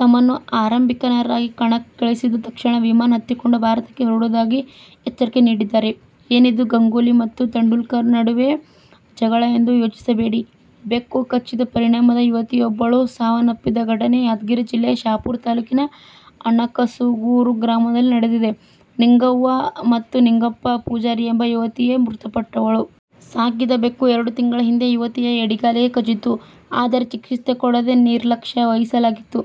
ತಮ್ಮನ್ನು ಆರಂಭಿಕರನ್ನಾಗಿ ಕಣಕ್ಕಿಳಿಸದಿದ್ದರೆ ತಕ್ಷಣ ವಿಮಾನ ಹತ್ತಿಕೊಂಡು ಭಾರತಕ್ಕೆ ಹೊರಡುವುದಾಗಿ ಎಚ್ಚರಿಕೆ ನೀಡಿದ್ದಾರೆ. ಏನಿದು ಗಂಗೂಲಿ ಮತ್ತು ತೆಂಡುಲ್ಕರ್ ನಡುವೆ ಜಗಳ ಎಂದು ಯೋಚಿಸಬೇಡಿ. ಬೆಕ್ಕು ಕಚ್ಚಿದ ಪರಿಣಾಮದ ಯುವತಿಯೊಬ್ಬಳು ಸಾವನ್ನಪ್ಪಿದ ಘಟನೆ ಯಾದಗಿರಿ ಜಿಲ್ಲೆಯ ಶಹಾಪುರ ತಾಲೂಕಿನ ಅನಕಸೂಗೂರ ಗ್ರಾಮದಲ್ಲಿ ನಡೆದಿದೆ. ನಿಂಗಮ್ಮ ನಿಂಗಪ್ಪ ಪೂಜಾರಿ ಎಂಬ ಯುವತಿಯೇ ಮೃತಪಟ್ಟವಳು. ಸಾಕಿದ ಬೆಕ್ಕು ಎರಡು ತಿಂಗಳ ಹಿಂದೆ ಯುವತಿಯ ಎಡಗಾಲಿಗೆ ಕಚ್ಚಿತ್ತು. ಆದರೆ ಚಿಕಿತ್ಸೆ ಕೊಡಿಸದೇ ನಿರ್ಲಕ್ಷ್ಯ ವಹಿಸಲಾಗಿತ್ತು.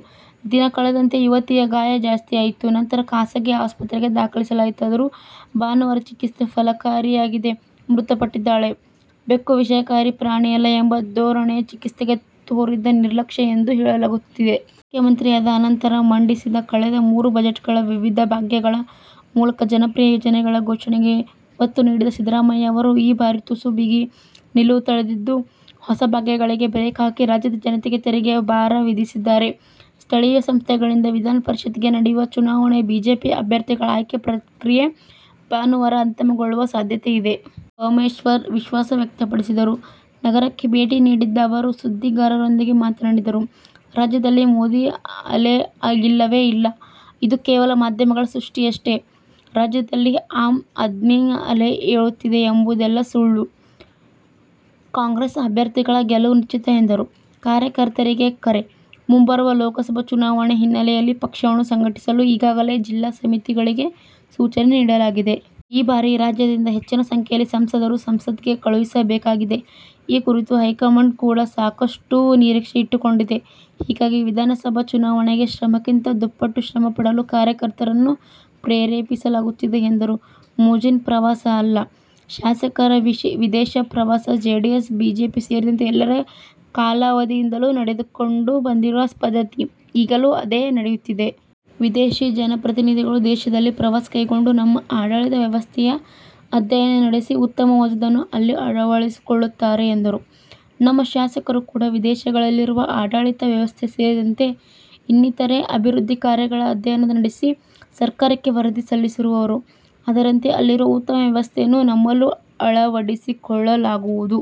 ದಿನಕಳೆದಂತೆ ಯುವತಿಯ ಗಾಯ ಜಾಸ್ತಿಯಾಯಿತು. ನಂತರ ಖಾಸಗಿ ಆಸ್ಪತ್ರೆಗೆ ದಾಖಲಿಸಲಾಯಿತಾದರೂ ಭಾನುವಾರ ಚಿಕಿತ್ಸೆ ಫಲಕಾರಿಯಾಗದೆ ಮೃತಪಟ್ಟಿದ್ದಾಳೆ. ಬೆಕ್ಕು ವಿಷಕಾರಿ ಪ್ರಾಣಿಯಲ್ಲ ಎಂಬ ಧೋರಣೆಯೇ ಚಿಕಿತ್ಸೆಗೆ ತೋರಿದ ನಿರ್ಲಕ್ಷ್ಯ ಎಂದು ಹೇಳಲಾಗುತ್ತಿದೆ. ಮುಖ್ಯಮಂತ್ರಿಯಾದ ಅನಂತರ ಮಂಡಿಸಿದ ಕಳೆದ ಮೂರು ಬಜೆಟ್ಗಳಲ್ಲಿ ವಿವಿಧ 'ಭಾಗ್ಯ'ಗಳ ಮೂಲಕ ಜನಪ್ರಿಯ ಯೋಜನೆಗಳ ಘೋಷಣೆಗೆ ಒತ್ತು ನೀಡಿದ್ದ ಸಿದ್ದರಾಮಯ್ಯ ಅವರು ಈ ಬಾರಿ ತುಸು ಬಿಗಿ ನಿಲುವು ತಳೆದಿದ್ದು, ಹೊಸ ಭಾಗ್ಯಗಳಿಗೆ ಬ್ರೇಕ್ ಹಾಕಿ ರಾಜ್ಯದ ಜನತೆಗೆ ತೆರಿಗೆಯ ಭಾರ ವಿಧಿಸಿದ್ದಾರೆ. ಸ್ಥಳೀಯ ಸಂಸ್ಥೆಗಳಿಂದ ವಿಧಾನಪರಿಷತ್ತಿಗೆ ನಡೆಯುವ ಚುನಾವಣೆಗೆ ಬಿಜೆಪಿ ಅಭ್ಯರ್ಥಿಗಳ ಆಯ್ಕೆ ಪ್ರಕ್ರಿಯೆ ಭಾನುವಾರ ಅಂತಿಮಗೊಳ್ಳುವ ಸಾಧ್ಯತೆಯಿದೆ. ಪರಮೇಶ್ವರ್ ವಿಶ್ವಾಸ ವ್ಯಕ್ತಪಡಿಸಿದರು. ನಗರಕ್ಕೆ ಭೇಟಿ ನೀಡಿದ್ದ ಅವರು ಸುದ್ದಿಗಾರರೊಂದಿಗೆ ಮಾತನಾಡಿದರು. ರಾಜ್ಯದಲ್ಲಿ ಮೋದಿ ಅಲೆ ಇಲ್ಲವೇ ಇಲ್ಲ, ಇದು ಕೇವಲ ಮಾಧ್ಯಮಗಳ ಸೃಷ್ಟಿಯಷ್ಟೆ, ರಾಜ್ಯದಲ್ಲಿ ಆಮ್ ಆದ್ಮಿ ಅಲೆ ಎಳುತ್ತಿದೆ ಎಂಬುದೆಲ್ಲ ಸುಳ್ಳು, ಕಾಂಗ್ರೆಸ್ ಅಭ್ಯರ್ಥಿಗಳ ಗೆಲುವು ನಿಶ್ಚಿತ ಎಂದರು. ಕಾರ್ಯಕರ್ತರಿಗೆ ಕರೆ: ಮುಂಬರುವ ಲೋಕಸಭಾ ಚುನಾವಣೆ ಹಿನ್ನೆಲೆಯಲ್ಲಿ ಪಕ್ಷವನ್ನು ಸಂಘಟಿಸಲು ಈಗಾಗಲೇ ಜಿಲ್ಲಾ ಸಮಿತಿಗಳಿಗೆ ಸೂಚನೆ ನೀಡಲಾಗಿದೆ. ಈ ಬಾರಿ ರಾಜ್ಯದಿಂದ ಹೆಚ್ಚಿನ ಸಂಖ್ಯೆಯಲ್ಲಿ ಸಂಸದರು ಸಂಸತ್ಗೆ ಕಳುಹಿಸಬೇಕಾಗಿದೆ. ಈ ಕುರಿತು ಹೈಕಮಾಂಡ್ ಕೂಡ ಸಾಕಷ್ಟು ನಿರೀಕ್ಷೆ ಇಟ್ಟುಕೊಂಡಿದೆ, ಹೀಗಾಗಿ ವಿಧಾನಸಭಾ ಚುನಾವಣೆಗೆ ಶ್ರಮಕ್ಕಿಂತ ದುಪ್ಪಟ್ಟು ಶ್ರಮ ಪಡಲು ಕಾರ್ಯಕರ್ತರನ್ನು ಪ್ರೇರೇಪಿಸಲಾಗುತ್ತಿದೆ ಎಂದರು. ಮೋಜಿನ ಪ್ರವಾಸ ಅಲ್ಲ: ಶಾಸಕರ ವಿದೇಶ ಪ್ರವಾಸ ಜೆಡಿಎಸ್, ಬಿಜೆಪಿ ಸೇರಿದಂತೆ ಎಲ್ಲರ ಕಾಲಾವಧಿಯಿಂದಲೂ ನೆಡೆದುಕೊಂಡು ಬಂದಿರುವ ಪದ್ಧತಿ, ಈಗಲೂ ಅದೇ ನಡೆಯುತ್ತಿದೆ. ವಿದೇಶಿ ಜನಪ್ರತಿನಿಧಿಗಳು ದೇಶದಲ್ಲಿ ಪ್ರವಾಸ ಕೈಗೊಂಡು ನಮ್ಮ ಆಡಳಿತ ವ್ಯವಸ್ಥೆಯ ಅಧ್ಯಯನ ನಡೆಸಿ ಉತ್ತಮವಾದುದನ್ನು ಅಲ್ಲಿ ಅಳವಡಿಸಿಕೊಳ್ಳುತ್ತಾರೆ ಎಂದರು. ನಮ್ಮ ಶಾಸಕರೂ ಕೂಡ ವಿದೇಶಗಳಲ್ಲಿರುವ ಆಡಳಿತ ವ್ಯವಸ್ಥೆ ಸೇರಿದಂತೆ ಇನ್ನಿತರೆ ಅಭಿವೃದ್ಧಿ ಕಾರ್ಯಗಳ ಅಧ್ಯಯನ ನಡೆಸಿ, ಸರ್ಕಾರಕ್ಕೆ ವರದಿ ಸಲ್ಲಿಸುವರು. ಅದರಂತೆ ಅಲ್ಲಿರುವ ಉತ್ತಮ ವ್ಯವಸ್ಥೆಯನ್ನು ನಮ್ಮಲ್ಲೂ ಅಳವಡಿಸಿಕೊಳ್ಳಲಾಗುವುದು.